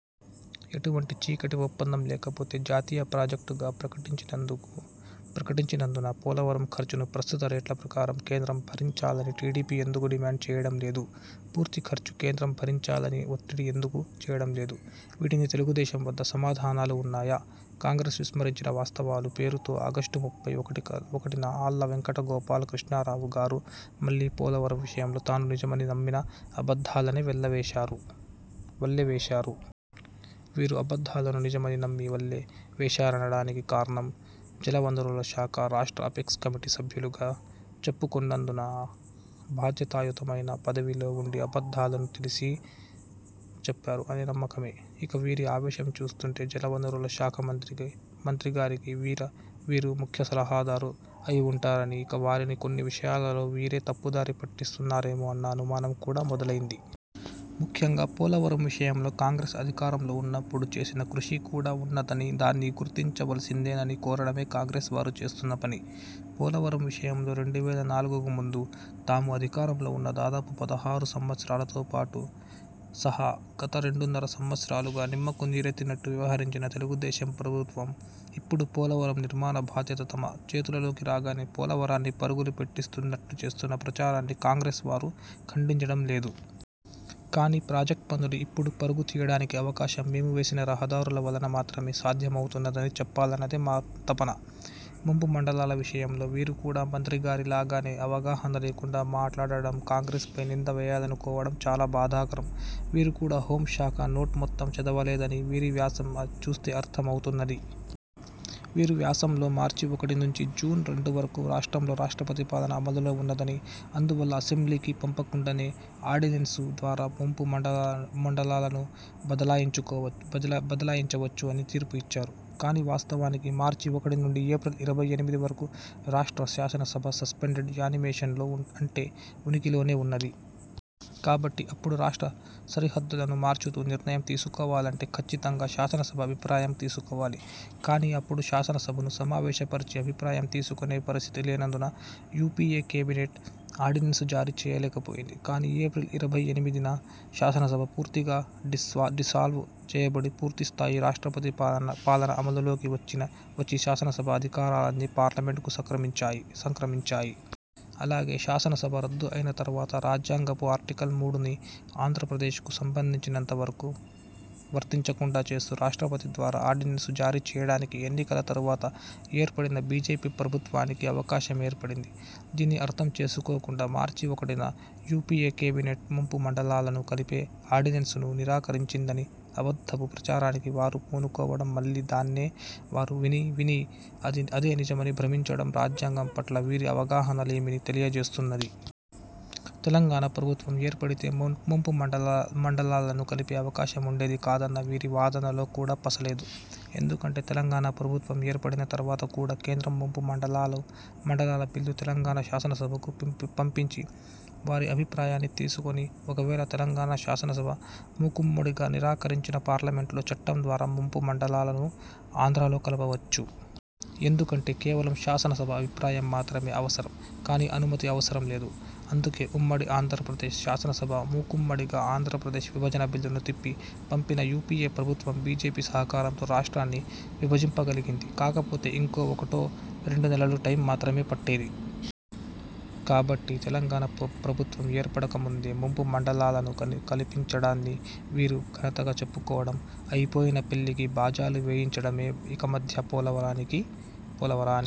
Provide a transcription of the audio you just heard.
ఎటువంటి చీకటి ఒప్పందం లేకపోతే జాతీయ ప్రాజెక్టుగా ప్రకటించినందున పోలవరం ఖర్చును ప్రస్తుత రేట్ల ప్రకారం కేంద్రం భరించాలని టీడీపీ ఎందుకు డిమాండ్ చేయడం లేదు. పూర్తి ఖర్చు కేంద్రం భరించాలని వత్తిడి ఎందుకు చేయడం లేదు? వీటికి తెలుగుదేశం వద్ద సమాధానాలు ఉన్నాయా? 'కాంగ్రెస్ విస్మరించిన వాస్తవాలు' పేరుతో ఆగస్టు ముప్పై ఒకటిన ఆళ్ళ వెంకట గోపాల కృష్ణారావు గారు మళ్ళీ పోలవరం విషయంలో తాను నిజమని నమ్మిన అబద్ధాలనే వెళ్లవేశారు వల్లెవేశారు. వీరు అబద్ధాలను నిజమని నమ్మి వల్లె వేశారనడానికి కారణం, జలవనరుల శాఖ రాష్ట్ర అపెక్స్ కమిటీ సభ్యులుగా చెప్పుకొన్నందున బాధ్యతాయుతమైన పదవిలో ఉండి అబద్ధాలను తెలిసీ చెప్పారు అనే నమ్మకమే. ఇక వీరి ఆవేశం చూస్తుంటే జలవనరుల శాఖ మంత్రి గారికి వీరు ముఖ్యసలహాదారు అయివుంటారని ఇక వారిని కొన్ని విషయాలలో వీరే తప్పుదారి పట్టిస్తున్నారేమో అన్న అనుమానం కూడా మొదలైంది. ముఖ్యంగా పోలవరం విషయంలో కాంగ్రెస్ అధికారంలో ఉన్నప్పుడు చేసిన కృషి కూడా ఉన్నదని దాన్ని గుర్తించవలసిందేనని కోరడమే కాంగ్రెస్ వారు చేస్తున్న పని. పోలవరం విషయంలో రెండు వేల నాలుగుకు ముందు తాము అధికారంలో ఉన్న దాదాపు పదహారు సంవత్సరాలతో సహా గత రెండున్నర సంవత్సరాలుగా నిమ్మకు నీరెత్తినట్లు వ్యవహరించిన తెలుగుదేశం ప్రభుత్వం ఇప్పుడు పోలవరం నిర్మాణ బాధ్యత తమ చేతులలోకి రాగానే పోలవరాన్ని పరుగులు పెట్టిస్తున్నట్లు చేస్తున్న ప్రచారాన్నీ కాంగ్రెస్ వారు ఖండించడం లేదు. కానీ ప్రాజెక్ట్ పనులు ఇప్పుడు పరుగు తీయడానికి అవకాశం మేము వేసిన రహదారుల వలన మాత్రమే సాధ్యమవుతున్నదని చెప్పాలన్నదే మా తపన. ముంపు మండలాల విషయంలో వీరు కూడా మంత్రిగారి లాగానే అవగాహన లేకుండా మాట్లాడడం కాంగ్రెస్పై నింద వేయాలనుకోవడం చాలా బాధాకరం. వీరు కూడా హోం శాఖ నోట్ మొత్తం చదవలేదని వీరి వ్యాసం చూస్తే అర్ధం అవుతున్నది. వీరు వ్యాసంలో మార్చి ఒకటి నుంచి జూన్ రెండు వరకు రాష్ట్రంలో రాష్ట్రపతి పాలన అమలులో ఉన్నదని అందువల్ల అసెంబ్లీకి పంప కుండానే ఆర్డినెన్సు ద్వారా ముంపు మండలాలను బదలాయించవచ్చు అని తీర్పు ఇచ్చారు. కానీ వాస్తవానికి మార్చి ఒకటి నుంచి ఏప్రిల్ ఇరవై ఎనిమిది వరకు రాష్ట్ర శాసన సభ సస్పెండెడ్ యానిమేషన్లో అంటే ఉనికి లోనే ఉన్నది. కాబట్టి ఇప్పుడు రాష్ట్ర సరిహద్దులను మార్చుతూ నిర్ణయం తీసుకోవాలంటే ఖచ్చితంగా శాసన సభ అభిప్రాయం తీసుకోవాలి. కానీ అప్పుడు శాసన సభను సమావేశపరిచి అభిప్రాయం తీసుకొనే పరిస్థితి లేనందున యూపీఏ కేబినెట్ ఆర్డినెన్సు జారీ చేయలేక పోయింది. కానీ ఏప్రిల్ ఇరవై ఎనిమిదిన శాసనసభ పూర్తిగా డిస్సాల్వ్ చేయబడి పూర్తిస్థాయి రాష్ట్రపతి పాలన అమలు లోకి వచ్చి శాసనసభ అధికారాలన్నీ పార్లమెంట్కు సంక్రమించాయి. అలాగే శాసన సభ రద్దు అయిన తరువాత రాజ్యాంగపు ఆర్టికల్ మూడుని ఆంధ్రప్రదేశ్కు సంబంధించినంత వరకు వర్తించకుండా చేస్తూ, రాష్ట్రపతి ద్వారా ఆర్డినెన్సు జారీ చేయడానికి ఎన్నికల తరువాత ఏర్పడిన బీజేపీ ప్రభుత్వానికి అవకాశం ఏర్పడింది. దీన్ని అర్ధం చేసుకోకుండా మార్చి ఒకటిన యూపీఏ కేబినెట్ ముంపు మండలాలను కలిపే ఆర్డినెన్సును నిరాకరించిందని అబద్ధపు ప్రచారానికి వారే పూనుకోవడం మళ్ళీ దాన్నే వారు విని, విని అదే నిజమని భ్రమించండం రాజ్యాంగం పట్ల వీరి అవగాహన లేమిని తెలియచేస్తున్నది. తెలంగాణ ప్రభుత్వం ఏర్పడితే ముంపు మండలాలను కలిపే అవకాశం ఉండేది కాదన్న వీరి వాదనలో కూడా పస లేదు. ఎందుకంటే తెలంగాణ ప్రభుత్వం ఏర్పడిన తరువాత కూడా, కేంద్రం ముంపు మండలాల బిల్లు తెలంగాణ శాసన సభకు పంపించి వారి అభిప్రాయాన్ని తీసుకొని, ఒక వేళ తెలంగాణ శాసనసభ మూకుమ్మడిగా నిరాకరించినా పార్లమెంట్లో చట్టం ద్వారా ముంపు మండలాలను ఆంధ్రలో కలపవచ్చు. ఎందుకంటే కేవలం శాసనసభ అభిప్రాయం మాత్రమే అవసరం కానీ అనుమతి అవసరం లేదు. అందుకే ఉమ్మడి ఆంధ్రప్రదేశ్ శాసనసభ మూకుమ్మడిగా ఆంధ్రప్రదేశ్ విభజన బిల్లును తిప్పి పంపినా యూపీఏ ప్రభుత్వం బీజేపీ సహకారంతో రాష్ట్రాన్ని విభజించగలిగింది. కాకపోతే ఇంకో ఒకటో రెండు నెలలు టైం మాత్రమే పట్టేది. కాబట్టి తెలంగాణ ప్రభుత్వం ఏర్పడక ముందే ముంపు మండలాలను కలిపించడాన్ని వీరి ఘనతగా చెప్పుకోవడం అయిపోయిన పెళ్లికి బాజాలు వాయించడమే. ఇక మధ్య పోలవరానికి పోలవరానికి